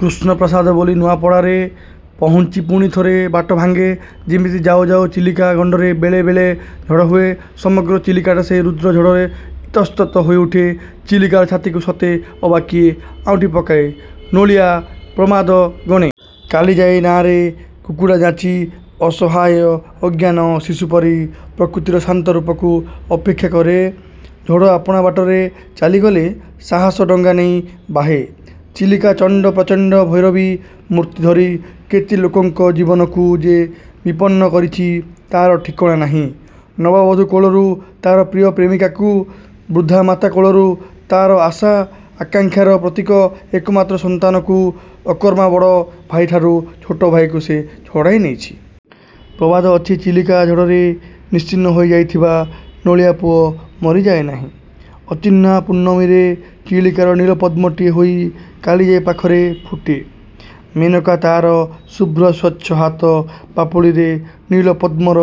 କୃଷ୍ଣପ୍ରସାଦ ବୋଲି ନୂଆପଡ଼ାରେ ପହୁଞ୍ଚି ପୁଣି ଥରେ ବାଟ ଭାଙ୍ଗେ-। ଏମିତି ଯାଉ, ଯାଉ ଚିଲିକା–ଗଣ୍ଡରେ ବେଳେ ବେଳେ ଝଡ଼ ହୁଏ। ସମଗ୍ର ଚିଲିକାଟା ସେହି ରୁଦ୍ର ଝଡ଼ରେ ଇତଃସ୍ତତ ହୋଇଉଠେ। ଚିଲିକାର ଛାତିକୁ ସତେ ଅବା କିଏ ଆଉଟି ପକାଏ-। ନୋଳିଆ ପ୍ରମାଦ ଗଣେ। କାଳିଜାଇ ନାଆଁରେ କୁକୁଡ଼ା ଯାଚି, ଅସହାୟ, ଅଜ୍ଞାନ ଶିଶୁପରି ପ୍ରକୃତିର ଶାନ୍ତରୂପକୁ ଅପେକ୍ଷା କରେ। ଝଡ଼ ଆପଣା ବାଟରେ ଚାଲିଗଲେ ସାହାସ ଡଙ୍ଗା ନେଇ ବାହେ-। ଚିଲିକା ଚଣ୍ଡ ପ୍ରଚଣ୍ଡ–ଭୈରବୀ–ମୂର୍ତ୍ତି ଧରି କେତେ ଲୋକଙ୍କ ଜୀବନକୁ ଯେ ବିପନ୍ନ କରିଛି ତା'ର ଠିକଣା ନାହିଁ। ନବବଧୂ କୋଳରୁ ତା'ର ପ୍ରିୟ ପ୍ରେମିକାକୁ, ବୃଦ୍ଧାମାତା କୋଳରୁ ତା'ର ଆଶା, ଆକାଙ୍କ୍ଷାର ପ୍ରତୀକ ଏକମାତ୍ର ସନ୍ତାନକୁ; ଅକର୍ମା ବଡ଼ ଭାଇଠାରୁ ଛୋଟ ଭାଇକୁ ସେ ଛଡ଼ାଇ ନେଇଛି। ପ୍ରବାଦ ଅଛି, ଚିଲିକା ଝଡ଼ରେ ନିଶ୍ଚିହ୍ନ ହୋଇଯାଇଥିବା ନୋଳିଆ ପୁଅ ମରିଯାଏ ନାହିଁ-। ଅଚିହ୍ନା ପୂର୍ଣ୍ଣମୀରେ ଚିଲିକାର ନୀଳ-ପଦ୍ମଟିଏ ହୋଇ କାଳିଯାଇ ପାଖରେ ଫୁଟେ। ମେନକା ତା'ର ଶୁଭ୍ର, ସ୍ୱଚ୍ଛ ହାତ ପାପୁଲିରେ ନୀଳ-ପଦ୍ମର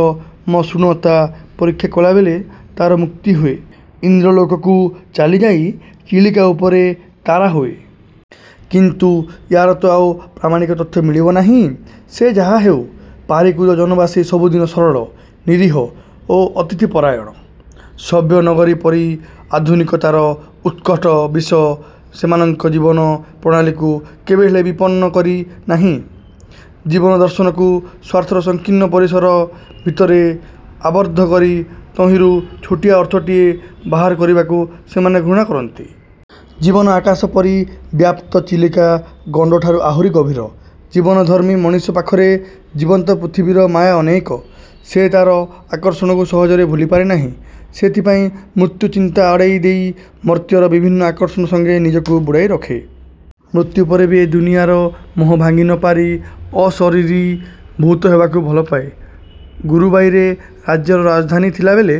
ମସୃଣତା ପରୀକ୍ଷା କଲାବେଳେ ତାର ମୁକ୍ତି ହୁଏ-। ଇନ୍ଦ୍ରଲୋକକୁ ଚାଲିଯାଇ ଚିଲିକା ଉପରେ ତାରା ହୁଏ;। କିନ୍ତୁ ୟାର ତ ଆଉ ପ୍ରାମାଣିକ ତଥ୍ୟ ମିଳିବ ନାହିଁ! ସେ ଯାହା ହେଉ, ପାରିକୁଦ ଜନବାସୀ ସବୁଦିନ ସରଳ, ନିରୀହ ଓ ଅତିଥି ପରାୟଣ। ସଭ୍ୟ ନଗରୀ ପରି ଆଧୁନିକତାର ଉତ୍କଟ ବିଷ ସେମାନଙ୍କ ଜୀବନ ପ୍ରଣାଳୀକୁ କେବେହେଲେ ବିପନ୍ନ କରି ନାହିଁ। ଜୀବନ-ଦର୍ଶନକୁ ସ୍ୱାର୍ଥର ସଂକୀର୍ଣ୍ଣ ପରିସର ଭିତରେ ଆବଦ୍ଧ କରି ତହିଁରୁ ଛୋଟିଆ ଅର୍ଥଟିଏ ବାହାର କରିବାକୁ ସେମାନେ ଘୃଣା କରନ୍ତି। ଜୀବନ ଆକାଶପରି ବ୍ୟାପ୍ତ ଚିଲିକା ଗଣ୍ଡଠାରୁ ଆହୁରି ଗଭୀର। ଜୀବନ ଧର୍ମୀ ମଣିଷ ପାଖରେ ଜୀବନ୍ତ ପୃଥିବୀର ମାୟା ଅନେକ। ସେ ତା'ର ଆକର୍ଷଣକୁ ସହଜରେ ଭୁଲିପାରେ ନାହିଁ। ସେଥିପାଇଁ ମୃତ୍ୟୁ ଚିନ୍ତା ଆଡ଼େଇ ଦେଇ ମର୍ତ୍ତ୍ୟର ବିଭିନ୍ନ ଆକର୍ଷଣ ସଙ୍ଗେ ନିଜକୁ ବୁଡ଼ାଇ ରଖେ। ମୃତ୍ୟୁପରେ ବି ଏ ଦୁନିଆର ମୋହ ଭାଙ୍ଗି ନ ପାରି ଅଶରିରୀ ଭୂତ ହେବାକୁ ଭଲପାଏ। 'ଗୁରୁବାଇ'ରେ ରାଜ୍ୟର ରାଜଧାନୀ ଥିଲାବେଳେ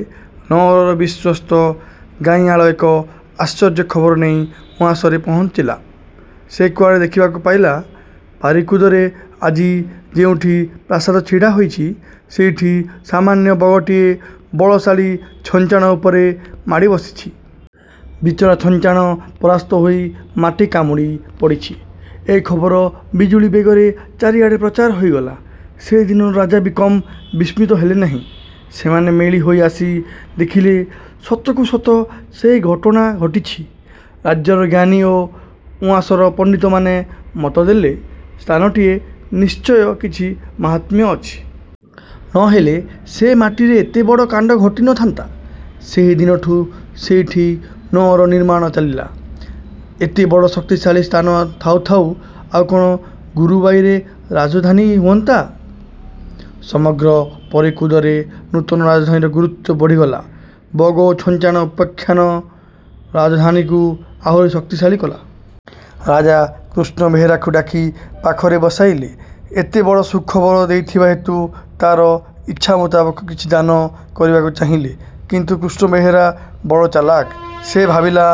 ନଅରର ବିଶ୍ୱସ୍ତ ଗାଈଆଳ ଏକ ଆଶ୍ଚର୍ଯ୍ୟ ଖବର ନେଇ ଉଆସରେ ପହୁଞ୍ଚିଲା। ସେ କୁଆଡ଼େ ଦେଖିବାକୁ ପାଇଲା, ପାରିକୁଦରେ ଆଜି ଯେଉଁଠି ପ୍ରାସାଦ ଛିଡ଼ା ହୋଇଛି, ସେଇଠି ସାମାନ୍ୟ ବଗଟିଏ ବଳଶାଳୀ ଛଞ୍ଚାଣ ଉପରେ ମାଡ଼ି ବସିଛି। ବିଚରା ଛଞ୍ଚାଣ ପରାସ୍ତ ହୋଇ ମାଟି କାମୁଡ଼ି ପଡ଼ିଛି। ଏ ଖବର ବିଜୁଳୀ ବେଗରେ ଚାରିଆଡ଼େ ପ୍ରଚାର ହୋଇଗଲା। ସେଦିନର ରାଜା ବି କମ୍ ବିସ୍ମିତ ହେଲେ ନାହିଁ। ସେମାନେ ମେଳି ହୋଇ ଆସି ଦେଖିଲେ ସତକୁ ସତ ସେହି ଘଟଣା ଘଟିଛି। ରାଜ୍ୟର ଜ୍ଞାନୀ ଓ ଉଆସର ପଣ୍ଡିତମାନେ ମତଦେଲେ ସ୍ଥାନଟିର ନିଶ୍ଚୟ କିଛି ମାହାତ୍ମ୍ୟ ଅଛି। ନ ହେଲେ ସେ ମାଟିରେ ଏତେବଡ଼ କାଣ୍ଡ ଘଟି ନ ଥାନ୍ତା! ସେହିଦିନଠୁ ସେଇଠି ନଅର ନିର୍ମାଣ ଚାଲିଲା। ଏତେବଡ଼ ଶକ୍ତିଶାଳୀ ସ୍ଥାନ ଥାଉ ଥାଉ ଆଉ କଣ ଗୁରୁବାଇରେ ରାଜଧାନୀ ହୁଅନ୍ତା? ସମଗ୍ର ପାରିକୁଦରେ ନୂତନ ରାଜଧାନୀର ଗୁରୁତ୍ୱ ବଢ଼ିଗଲା। 'ବଗ ଓ ଛଞ୍ଚାଣ' ଉପଖ୍ୟାନ ରାଜଧାନୀକୁ ଆହୁରି ଶକ୍ତିଶାଳୀ କଲା। ରାଜା କୃଷ୍ଣ ବେହେରାକୁ ଡାକି ପାଖରେ ବସାଇଲେ। ଏତେ ବଡ଼ ସୁଖବର ଦେଇଥିବା ହେତୁ ତା'ର ଇଚ୍ଛାମୁତାବକ କିଛି ଦାନ କରିବାକୁ ଚାହିଁଲେ। କିନ୍ତୁ କୃଷ୍ଣ ବେହେରା ବଡ଼ ଚାଲାକ। ସେ ଭାବିଲା,